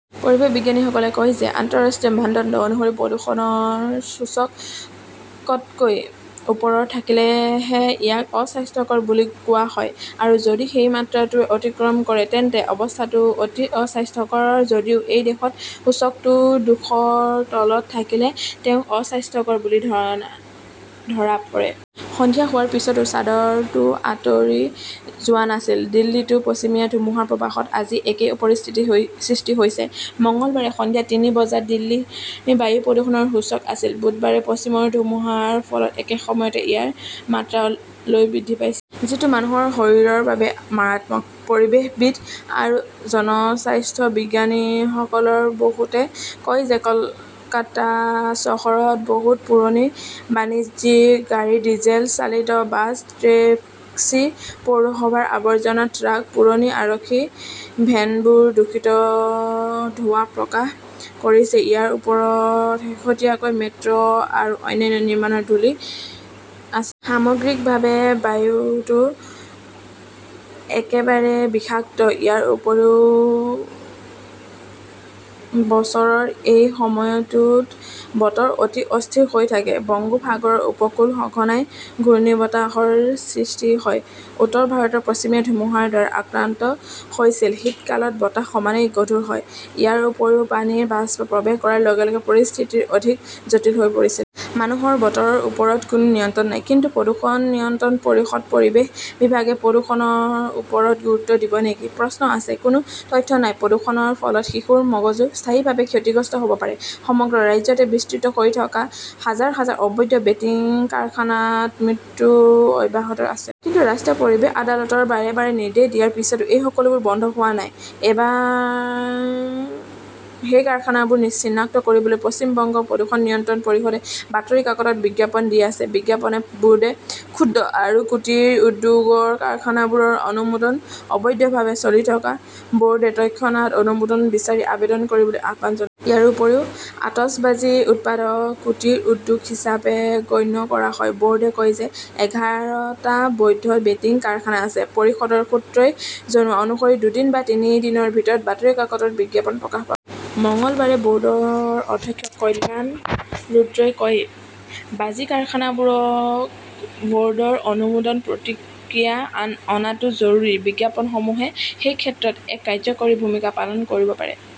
পৰিৱেশ বিজ্ঞানীসকলে কয় যে আন্তঃৰাষ্ট্ৰীয় মানদণ্ড অনুসৰি প্ৰদূষণৰ সূচক তকৈ ওপৰত থাকিলেহে ইয়াক 'অস্বাস্থ্যকৰ বুলি কোৱা হয়। আৰু যদি সেই মাত্ৰাটোৱে অতিক্ৰম কৰে, তেন্তে অৱস্থাটো 'অতি অস্বাস্থ্যকৰ'। যদিও এই দেশত সূচকটো দুশৰ তলত থাকিলে তেওঁক 'অস্বাস্থ্যকৰ বুলি ধৰা পৰে। সন্ধিয়া হোৱাৰ পিছতো চাদৰটো আঁতৰি যোৱা নাছিল। দিল্লীতো পশ্চিমীয়া ধুমুহাৰ প্ৰভাৱত আজি একেই পৰিস্থিতিৰ সৃষ্টি হৈছে। মঙলবাৰে সন্ধিয়া তিনি বজাত দিল্লীৰ বায়ু প্ৰদূষণৰ সূচক আছিল। বুধবাৰে পশ্চিমৰ ধুমুহাৰ ফলত একে সময়তে ইয়াৰ মাত্ৰা লৈ বৃদ্ধি পাইছিল। যিটো মানুহৰ শৰীৰৰ বাবে মাৰাত্মক। পৰিৱেশবিদ আৰু জনস্বাস্থ্য বিজ্ঞানীসকলৰ বহুতে কয় যে কলকাতা চহৰত বহুত পুৰণি বাণিজ্যিক গাড়ী, ডিজেল চালিত বাছ, টেক্সি, পৌৰসভাৰ আবৰ্জনা ট্ৰাক, পুৰণি আৰক্ষীৰ ভেনবোৰ দূষিত ধোঁৱা প্ৰকাশ কৰিছে। ইয়াৰ ওপৰত শেহতীয়াকৈ মেট্ৰ 'আৰু অন্যান্য নিৰ্মাণৰ ধূলি আছে। সামগ্ৰিকভাৱে, বায়ুটো একেবাৰে বিষাক্ত। ইয়াৰ উপৰিও বছৰৰ এই সময়ছোত বতৰ অতি অস্থিৰ হৈ থাকে। বংগোপসাগৰৰ উপকূল সঘনাই ঘূৰ্ণীবতাহৰ সৃষ্টি হয়। উত্তৰ ভাৰত পশ্চিমীয়া ধুমুহাৰ দ্বাৰা আক্ৰান্ত হৈছিল। শীতকালত বতাহ সমানেই গধুৰ হয়। ইয়াৰ ওপৰত পানীৰ বাষ্প প্ৰৱেশ কৰাৰ লগে লগে পৰিস্থিতি অধিক জটিল হৈ পৰিছিল। মানুহৰ বতৰৰ ওপৰত কোনো নিয়ন্ত্ৰণ নাই। কিন্তু প্ৰদূষণ নিয়ন্ত্ৰণ পৰিষদ, পৰিৱেশ বিভাগে প্ৰদূষণৰ ওপৰত গুৰুত্ব দিব নেকি? প্ৰশ্ন আছে। কোনো তথ্য নাই। প্ৰদূষণৰ ফলত শিশুৰ মগজু স্থায়ীভাৱে ক্ষতিগ্ৰস্ত হব পাৰে! সমগ্ৰ ৰাজ্যতে বিস্তৃত হৈ থকা হাজাৰ-হাজাৰ অবৈধ বেটিং কাৰখানাত মৃত্যু অব্যাহত আছে। কিন্তু ৰাষ্ট্ৰীয় পৰিৱেশ আদালতৰ বাৰে বাৰে নিৰ্দেশ দিয়াৰ পিছতো এই সকলোবোৰ বন্ধ হোৱা নাই। এইবাৰ সেই কাৰখানাবোৰ চিনাক্ত কৰিবলৈ পশ্চিম বংগ প্ৰদূষণ নিয়ন্ত্ৰণ পৰিষদে বাতৰি কাকতত বিজ্ঞাপন দি আছে। বিজ্ঞাপনে বোৰ্ডে ক্ষুদ্ৰ আৰু কুটীৰ উদ্যোগৰ কাৰখানাবোৰৰ অনুমোদন অবৈধভাৱে চলি থকা বোৰ্ডে তৎক্ষণাত অনুমোদন বিচাৰি আবেদন কৰিবলৈ আহ্বান জনা-- ইয়াৰ উপৰিও, আতচবাজী উৎপাদনক কুটিৰ উদ্যোগ হিচাপে গণ্য কৰা হয়। বৰ্ডে কয় যে এঘাৰ টা বৈধ বেটিং কাৰখানা আছে। পৰিষদৰ সূত্ৰই জনোৱা অনুসৰি দুদিন বা তিনি দিনৰ ভিতৰত বাতৰি কাকতত বিজ্ঞাপন প্ৰকাশ পাব। মঙলবাৰে বৰ্ডৰ অধ্যক্ষ কল্যাণ ৰুদ্ৰই কয়, বাজি কাৰখানাবোৰক বৰ্ডৰ অনুমোদন প্ৰতিক্ৰিয়া অনাটো জৰুৰী। বিজ্ঞাপনসমূহে সেই ক্ষেত্ৰত এক কাৰ্যকৰী ভূমিকা পালন কৰিব পাৰে।